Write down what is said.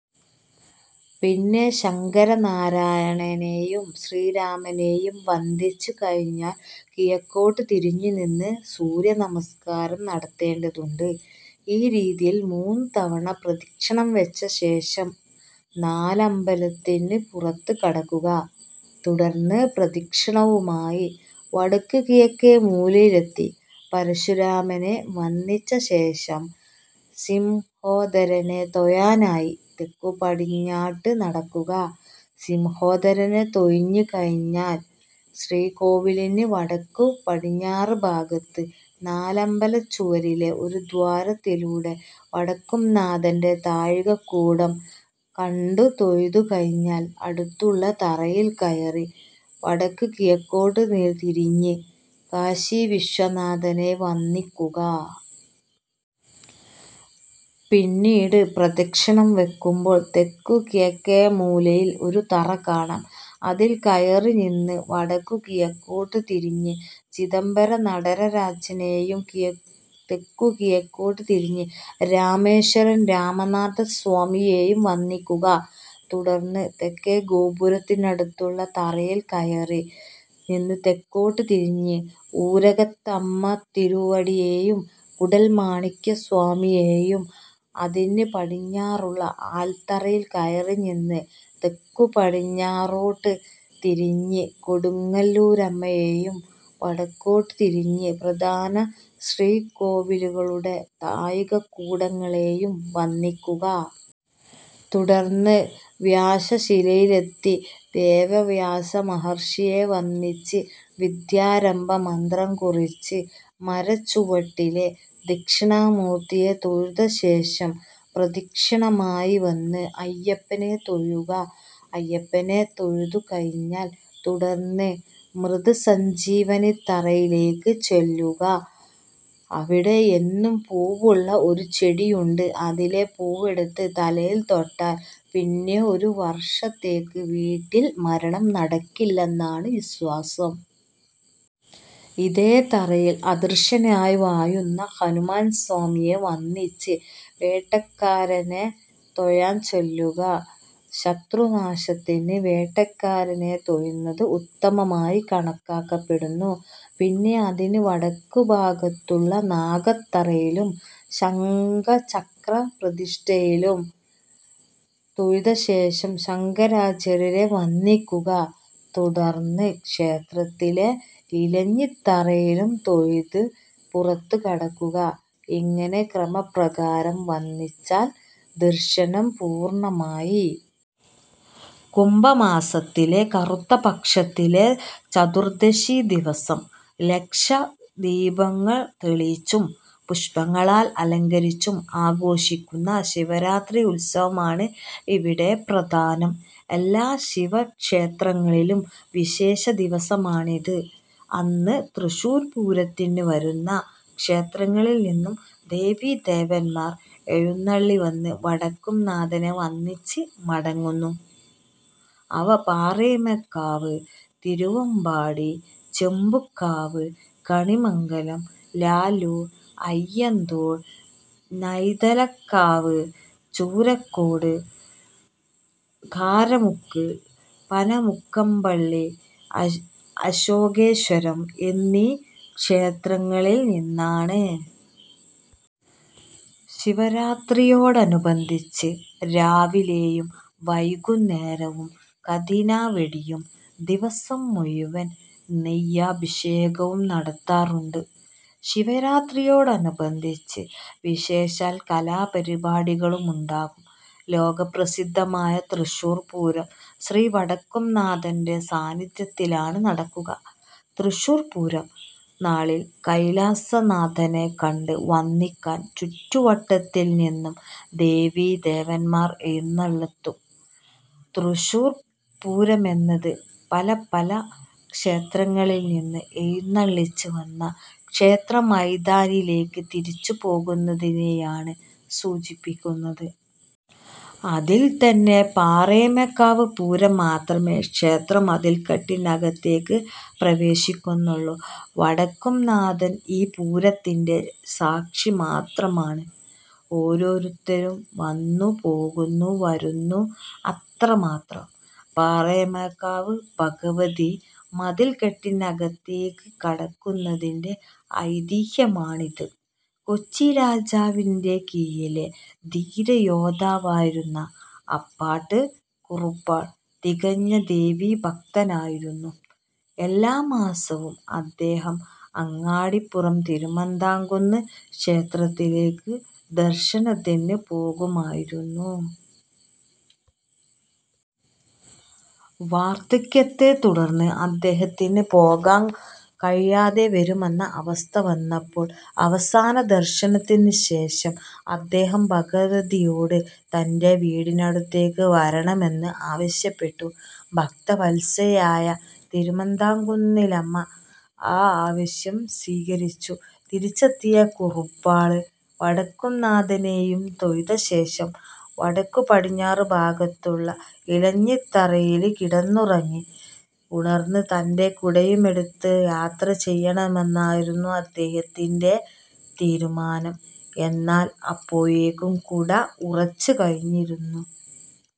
പിന്നെ ശങ്കരനാരായണനെയും ശ്രീരാമനെയും വന്ദിച്ചുകഴിഞ്ഞാൽ കിഴക്കോട്ട് തിരിഞ്ഞുനിന്ന് സൂര്യനമസ്കാരം നടത്തേണ്ടതുണ്ട്. ഈ രീതിയിൽ മൂന്നുതവണ പ്രദക്ഷിണം വച്ചശേഷം നാലമ്പലത്തിന് പുറത്ത് കടക്കുക. തുടർന്ന് പ്രദക്ഷിണമായി വടക്കുകിഴക്കേമൂലയിലെത്തി പരശുരാമനെ വന്ദിച്ചശേഷം സിംഹോദരനെ തൊഴാനായി തെക്കുപടിഞ്ഞാട്ട് നടക്കുക. സിംഹോദരനെ തൊഴുതുകഴിഞ്ഞാൽ ശ്രീകോവിലിന് വടക്കുപടിഞ്ഞാറുഭാഗത്ത് നാലമ്പലച്ചുവരിലെ ഒരു ദ്വാരത്തിലൂടെ വടക്കുംനാഥന്റെ താഴികക്കുടം കണ്ടുതൊഴുതുകഴിഞ്ഞാൽ അടുത്തുള്ള തറയിൽ കയറി വടക്കുകിഴക്കോട്ട് തിരിഞ്ഞ് കാശീവിശ്വനാഥനെ വന്ദിയ്ക്കുക. പിന്നീട് പ്രദക്ഷിണം വയ്ക്കുമ്പോൾ തെക്കുകിഴക്കേമൂലയിൽ ഒരു തറ കാണാം. അതിൽ കയറിനിന്ന് വടക്കുകിഴക്കോട്ട് തിരിഞ്ഞ് ചിദംബരനടരാജനെയും തെക്കുകിഴക്കോട്ട് തിരിഞ്ഞ് രാമേശ്വരം രാമനാഥസ്വാമിയെയും വന്ദിയ്ക്കുക. തുടർന്ന് തെക്കേ ഗോപുരത്തിനടുത്തുള്ള തറയിൽ കയറിനിന്ന് തെക്കോട്ട് തിരിഞ്ഞ് ഊരകത്തമ്മത്തിരുവടിയെയും കൂടൽമാണിക്യസ്വാമിയെയും അതിന് പടിഞ്ഞാറുള്ള ആൽത്തറയിൽ കയറിനിന്ന് തെക്കുപടിഞ്ഞാറോട്ട് തിരിഞ്ഞ് കൊടുങ്ങല്ലൂരമ്മയെയും വടക്കോട്ട് തിരിഞ്ഞ് പ്രധാനശ്രീകോവിലുകളുടെ താഴികക്കുടങ്ങളെയും വന്ദിയ്ക്കുക. തുടർന്ന് വ്യാസശിലയിലെത്തി വേദവ്യാസമഹർഷിയെ വന്ദിച്ച് വിദ്യാരംഭമന്ത്രം കുറിച്ച് മരച്ചുവട്ടിലെ ദക്ഷിണാമൂർത്തിയെ തൊഴുതശേഷം പ്രദക്ഷിണമായി വന്ന് അയ്യപ്പനെ തൊഴുക. അയ്യപ്പനെ തൊഴുതുകഴിഞ്ഞാൽ തുടർന്ന് മൃതസഞ്ജീവനിത്തറയിലേയ്ക്ക് ചെല്ലുക. അവിടെ എന്നും പൂവുള്ള ഒരു ചെടിയുണ്ട്. അതിലെ പൂവെടുത്ത് തലയിൽ തൊട്ടാൽ പിന്നെ ഒരു വർഷത്തേയ്ക്ക് വീട്ടിൽ മരണം നടക്കില്ലെന്നാണ് വിശ്വാസം. ഇതേ തറയിൽ അദൃശ്യനായി വാഴുന്ന ഹനുമാൻ സ്വാമിയെ വന്ദിച്ച് വേട്ടേയ്ക്കരനെ തൊഴാൻ ചെല്ലുക. ശത്രുനാശത്തിന് വേട്ടേയ്ക്കരനെ തൊഴുന്നത് ഉത്തമമായി കണക്കാക്കപ്പെടുന്നു. പിന്നെ അതിന് വടക്കുഭാഗത്തുള്ള നാഗത്തറയിലും ശംഖചക്രപ്രതിഷ്ഠയിലും തൊഴുതശേഷം ശങ്കരാചാര്യരെ വന്ദിയ്ക്കുക. തുടർന്ന് ക്ഷേത്രത്തിലെ ഇലഞ്ഞിത്തറയിലും തൊഴുത് പുറത്ത് കടക്കുക. ഇങ്ങനെ ക്രമപ്രകാരം വന്ദിച്ചാൽ ദർശനം പൂർണമായി. കുംഭമാസത്തിലെ കറുത്തപക്ഷത്തിലെ ചതുർദ്ദശിദിവസം ലക്ഷദീപങ്ങൾ തെളിയിച്ചും പുഷ്പങ്ങളാൽ അലങ്കരിച്ചും ആഘോഷിയ്ക്കുന്ന ശിവരാത്രി ഉത്സവമാണ് ഇവിടെ പ്രധാനം. എല്ലാ ശിവക്ഷേത്രങ്ങളിലും വിശേഷദിവസമാണിത്. അന്ന് തൃശ്ശൂർ പൂരത്തിനു വരുന്ന ക്ഷേത്രങ്ങളിൽ നിന്ന് ദേവീദേവന്മാർ എഴുന്നള്ളിവന്ന് വടക്കുംനാഥനെ വന്ദിച്ച് മടങ്ങുന്നു. അവ പാറമേക്കാവ്, തിരുവമ്പാടി, ചെമ്പുക്കാവ്, കണിമംഗലം, ലാലൂർ, അയ്യന്തോൾ, നൈതലക്കാവ്, ചൂരക്കോട്, കാരമുക്ക്, പനമുക്കമ്പിള്ളി, അശോകേശ്വരം എന്നീ ക്ഷേത്രങ്ങളിൽ നിന്നാണ്. ശിവരാത്രിയോടനുബന്ധിച്ച് രാവിലെയും വൈകുന്നേരവും കതിനവെടിയും ദിവസം മുഴുവൻ നെയ്യഭിഷേകവും നടത്താറുണ്ട്. ശിവരാത്രിയോടനുബന്ധിച്ച് വിശേഷാൽ കലാപരിപാടികളുമുണ്ടാകും. ലോക പ്രസിദ്ധമായ തൃശ്ശൂർ പൂരം ശ്രീ വടക്കുംനാഥന്റെസാനിധ്യത്തിലാണ് നടക്കുക. തൃശ്ശൂർ പൂരം നാളിൽ കൈലാസനാഥനെ കണ്ട് വന്ദിക്കാൻ ചുറ്റുവട്ടത്തിൽനിന്നു ദേവീദേവന്മാർ എഴുന്നള്ളിയെത്തും. തൃശ്ശൂർ പൂരമെന്നത് പല പല ക്ഷേത്രങ്ങളിൽ നിന്ന് എഴുന്നെള്ളിച്ച് വന്ന ക്ഷേത്രമൈതാനിയിലേക്ക് തിരിച്ചുപോകുന്നതിനെയാണ് സൂചിപ്പിക്കുന്നത്. അതിൽ തന്നെ പാറമേക്കാവ് പൂരം മാത്രമേ ക്ഷേത്രമതിൽക്കെട്ടിനകത്തേക്ക് പ്രവേശിക്കുന്നുള്ളൂ. വടക്കുന്നാഥൻ ഈ പൂരത്തിന്റെ സാക്ഷി മാത്രമാണ്. ഓരോരുത്തരും വന്നുപോകുന്നു, വരുന്നു. അത്രമാത്രം. പാറമേക്കാവ് ഭഗവതി മതിൽക്കെട്ടിനകത്തേക്ക് കടക്കുന്നതിന്റെ ഐതിഹ്യമിതാണ്: കൊച്ചിരാജാവിന്റെ കീഴിലെ ധീരയോദ്ധാവായിരുന്ന അപ്പാട്ട് കുറുപ്പാൾ തികഞ്ഞ ദേവീഭക്തനായിരുന്നു. എല്ലാമാസവും അദ്ദേഹം അങ്ങാടിപ്പുറം തിരുമാന്ധാംകുന്ന് ക്ഷേത്രത്തിലേയ്ക്ക് ദർശനത്തിനുപോകുമായിരുന്നു. വാർദ്ധക്യത്തെത്തുടർന്ന് അദ്ദേഹത്തിനുപോകാൻ കഴിയാതെ വരുമെന്ന അവസ്ഥ വന്നപ്പോൾ അവസാനദർശനത്തിനുശേഷം അദ്ദേഹം ഭഗവതിയോട് തന്റെ വീടിനടുത്തേക്ക് വരണമെന്ന് ആവശ്യപ്പെട്ടു. ഭക്തവത്സലയായ തിരുമാന്ധാംകുന്നിലമ്മ ആ ആവശ്യം സ്വീകരിച്ചു. തിരിച്ചെത്തിയ കുറുപ്പാൾ വടക്കുന്നാഥനെയും തൊഴുതശേഷം വടക്കുപടിഞ്ഞാറുവശത്തുള്ള ഇലഞ്ഞിത്തറയിൽ കിടന്നുറങ്ങി. ഉണർന്ന് തന്റെ കുടയുമെടുത്ത് യാത്രചെയ്യാമെന്നായിരുന്നു അദ്ദേഹത്തിന്റെ തീരുമാനം. എന്നാൽ അപ്പോഴേക്കും കുട ഉറച്ചുകഴിഞ്ഞിരുന്നു.